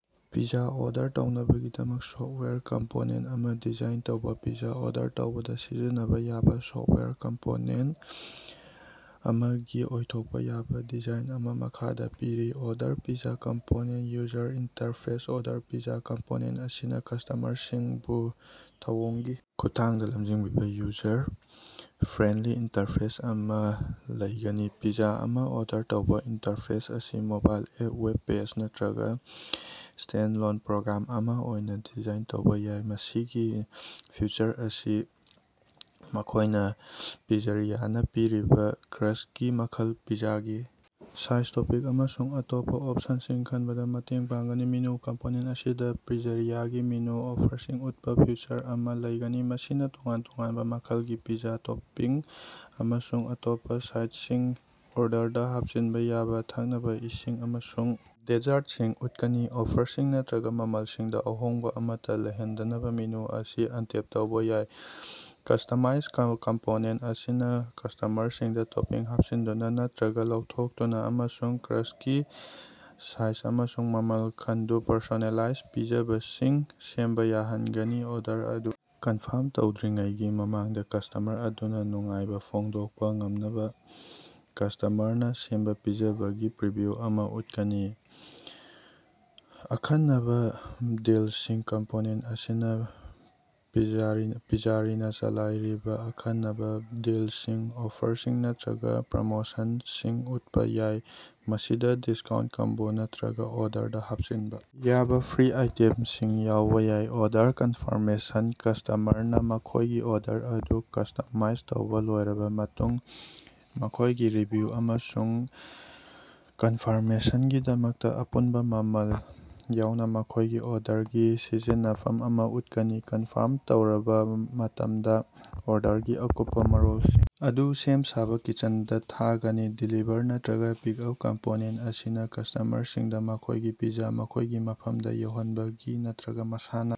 Pizza order ꯇꯧꯅꯕꯒꯤꯗꯃꯛ software component ꯑꯃ design ꯇꯧꯕ꯫ ꯄꯤꯖ꯭ꯖꯥ ꯑꯣꯔꯗꯔ ꯇꯧꯕꯗ ꯁꯤꯖꯤꯟꯅꯕ ꯌꯥꯕ ꯁꯣꯐꯋꯦꯌꯔ ꯀꯝꯄꯣꯅꯦꯟꯠ ꯑꯃꯒꯤ ꯑꯣꯏꯊꯣꯛꯄ ꯌꯥꯕ ꯗꯤꯖꯥꯏꯟ ꯑꯃ ꯃꯈꯥꯗ ꯄꯤꯔꯤ: order pizza component: user interface: order pizza component ꯑꯁꯤꯅ ꯀꯁꯇꯃꯔꯁꯤꯡꯕꯨ ꯊꯧꯑꯣꯡꯒꯤ ꯈꯨꯠꯊꯥꯡꯗ ꯂꯝꯖꯤꯡꯕꯤꯕ ꯌꯨꯖꯔ-ꯐ꯭ꯔꯦꯟꯂꯤ ꯏꯟꯇꯔꯐꯦꯁ ꯑꯃ ꯂꯩꯒꯅꯤ꯫ ꯄꯤꯖ꯭ꯖꯥ ꯑꯃꯥ ꯑꯣꯔꯗꯔ ꯇꯧꯕ꯫ ꯏꯟꯇꯔꯐꯦꯁ ꯑꯁꯤ ꯃꯣꯕꯥꯏꯜ ꯑꯦꯞ, ꯋꯦꯕ ꯄꯦꯖ ꯅꯠꯇ꯭ꯔꯒ ꯁ꯭ꯇꯦꯟꯂꯣꯟ ꯄ꯭ꯔꯣꯒ꯭ꯔꯥꯝ ꯑꯃ ꯑꯣꯏꯅ ꯗꯤꯖꯥꯏꯟ ꯇꯧꯕ ꯌꯥꯏ꯫ ꯃꯁꯤꯒꯤ ꯐꯤꯆꯔ ꯑꯁꯤꯅ ꯃꯈꯣꯏꯗ ꯄꯤꯖ꯭ꯖꯥꯔꯤꯌꯥꯅ ꯄꯤꯔꯤꯕ ꯀ꯭ꯔꯨꯁꯀꯤ ꯃꯈꯜ, ꯄꯤꯖ꯭ꯖꯥꯒꯤ ꯁꯥꯏꯖ, ꯇꯣꯄꯤꯡ ꯑꯃꯁꯨꯡ ꯑꯇꯣꯞꯄ ꯑꯣꯞꯁꯟꯁꯤꯡ ꯈꯟꯕꯗ ꯃꯇꯦꯡ ꯄꯥꯡꯒꯅꯤ꯫ ꯃꯦꯅꯨ: ꯀꯝꯄꯣꯅꯦꯟꯠ ꯑꯁꯤꯗ ꯄꯤꯖ꯭ꯖꯥꯔꯤꯌꯥꯒꯤ ꯃꯦꯅꯨ ꯑꯣꯐꯔꯁꯤꯡ ꯎꯠꯄ ꯐꯤꯆꯔ ꯑꯃ ꯂꯩꯒꯅꯤ꯫ ꯃꯁꯤꯅ ꯇꯣꯉꯥꯟ ꯇꯣꯉꯥꯟꯕ ꯃꯈꯜꯒꯤ ꯄꯤꯖ꯭ꯖꯥ, ꯇꯣꯄꯤꯡ, ꯑꯃꯁꯨꯡ ꯑꯇꯣꯞꯄ ꯁꯥꯏꯗꯁꯤꯡ, ꯑꯣꯔꯗꯔꯗ ꯍꯥꯞꯆꯤꯟꯕ ꯌꯥꯕ ꯊꯛꯅꯕ ꯏꯁꯤꯡ ꯑꯃꯁꯨꯡ ꯗꯦꯖꯔꯠꯁꯤꯡ ꯎꯠꯀꯅꯤ꯫ ꯑꯣꯐꯔꯁꯤꯡ ꯅꯠꯇ꯭ꯔꯒ ꯃꯃꯜꯁꯤꯡꯗ ꯑꯍꯣꯡꯕ ꯑꯃꯠꯇ ꯂꯩꯍꯟꯗꯅꯕ ꯃꯦꯅꯨ ꯑꯁꯤ ꯑꯞꯗꯦꯠ ꯇꯧꯕ ꯌꯥꯏ꯫ ꯀꯁꯇꯃꯥꯏꯖꯦꯁꯟ: ꯀꯝꯄꯣꯅꯦꯟꯠ ꯑꯁꯤꯅ ꯀꯁꯇꯃꯔꯁꯤꯡꯗ ꯇꯣꯄꯤꯡ ꯍꯥꯞꯆꯤꯟꯗꯨꯅ ꯅꯠꯇ꯭ꯔꯒ ꯂꯧꯊꯣꯛꯇꯨꯅ ꯑꯃꯁꯨꯡ ꯀ꯭ꯔꯨꯁꯀꯤ ꯁꯥꯏꯖ ꯑꯃꯁꯨꯡ ꯃꯈꯜ ꯈꯟꯗꯨ ꯄꯔꯁꯣꯅꯦꯂꯥꯏꯖ ꯄꯤꯖꯕꯁꯤꯡ ꯁꯦꯝꯕ ꯌꯥꯍꯟꯒꯅꯤ꯫ ꯑꯣꯔꯗꯔ ꯑꯗꯨ ꯀꯟꯐꯥꯔꯝ ꯇꯧꯗ꯭ꯔꯤꯉꯩꯒꯤ ꯃꯃꯥꯡꯗ ꯀꯁꯇꯃꯔ ꯑꯗꯨꯅ ꯅꯨꯡꯉꯥꯏꯕ ꯐꯣꯡꯗꯣꯛꯄ ꯉꯝꯅꯕ ꯀꯁꯇꯃꯔꯅ ꯁꯦꯝꯕ ꯄꯤꯖꯕꯒꯤ ꯄ꯭ꯔꯤꯚꯤꯎ ꯑꯃ ꯎꯠꯀꯅꯤ꯫ ꯑꯈꯟꯅꯕ ꯗꯤꯜꯁꯤꯡ: ꯀꯝꯄꯣꯅꯦꯟꯠ ꯑꯁꯤꯅ ꯄꯤꯖ꯭ꯖꯥꯔꯤꯅꯥ ꯆꯂꯥꯏꯔꯤꯕ ꯑꯈꯟꯅꯕ ꯗꯤꯜꯁꯤꯡ, ꯑꯣꯐꯔꯁꯤꯡ ꯅꯠꯇ꯭ꯔꯒ ꯄ꯭ꯔꯣꯃꯣꯁꯟꯁꯤꯡ ꯎꯠꯄ ꯌꯥꯏ꯫ ꯃꯁꯤꯗ ꯗꯤꯁꯀꯥꯎꯟꯠ, ꯀꯣꯝꯕꯣ ꯅꯠꯇ꯭ꯔꯒ ꯑꯣꯔꯗꯔꯗ ꯍꯥꯞꯆꯤꯟꯕ ꯌꯥꯕ ꯐ꯭ꯔꯤ ꯑꯥꯏꯇꯦꯝꯁꯤꯡ ꯌꯥꯎꯕ ꯌꯥꯏ꯫ ꯑꯣꯔꯗꯔ ꯀꯟꯐꯥꯔꯃꯦꯁꯟ: ꯀꯁꯇꯃꯔꯅ ꯃꯈꯣꯏꯒꯤ ꯑꯣꯔꯗꯔ ꯑꯗꯨ ꯀꯁꯇꯃꯥꯏꯁ ꯇꯧꯕ ꯂꯣꯏꯔꯕ ꯃꯇꯨꯡꯗ, ꯃꯈꯣꯏꯒꯤ ꯔꯤꯚꯤꯌꯨ ꯑꯃꯁꯨꯡ ꯀꯟꯐꯥꯔꯃꯦꯁꯟꯒꯤꯗꯃꯛꯇ ꯑꯄꯨꯟꯕ ꯃꯃꯜ ꯌꯥꯎꯅ ꯃꯈꯣꯏꯒꯤ ꯑꯣꯔꯗꯔꯒꯤ ꯁꯝꯖꯤꯟꯅꯐꯝ ꯑꯃ ꯎꯠꯀꯅꯤ꯫ ꯀꯟꯐꯥꯔꯝ ꯇꯧꯔꯕ ꯃꯇꯨꯡꯗ ꯑꯣꯔꯗꯔꯒꯤ ꯑꯀꯨꯞꯄ ꯃꯔꯣꯜꯁꯤꯡ ꯑꯗꯨ ꯁꯦꯝ ꯁꯥꯅꯕ ꯀꯤꯆꯟꯗ ꯊꯥꯒꯅꯤ꯫ ꯗꯦꯂꯤꯚ꯭ꯔꯤ ꯅꯠꯇ꯭ꯔꯒ ꯄꯤꯛꯑꯞ: ꯀꯝꯄꯣꯅꯦꯟꯠ ꯑꯁꯤꯅ ꯀꯁꯇꯃꯔꯁꯤꯡꯗ ꯃꯈꯣꯏꯒꯤ ꯄꯤꯖ꯭ꯖꯥ ꯃꯈꯣꯏꯒꯤ ꯃꯐꯝꯗ ꯌꯧꯍꯟꯕꯒꯤ ꯅꯠꯇ꯭ꯔꯒ ꯃꯁꯥꯅ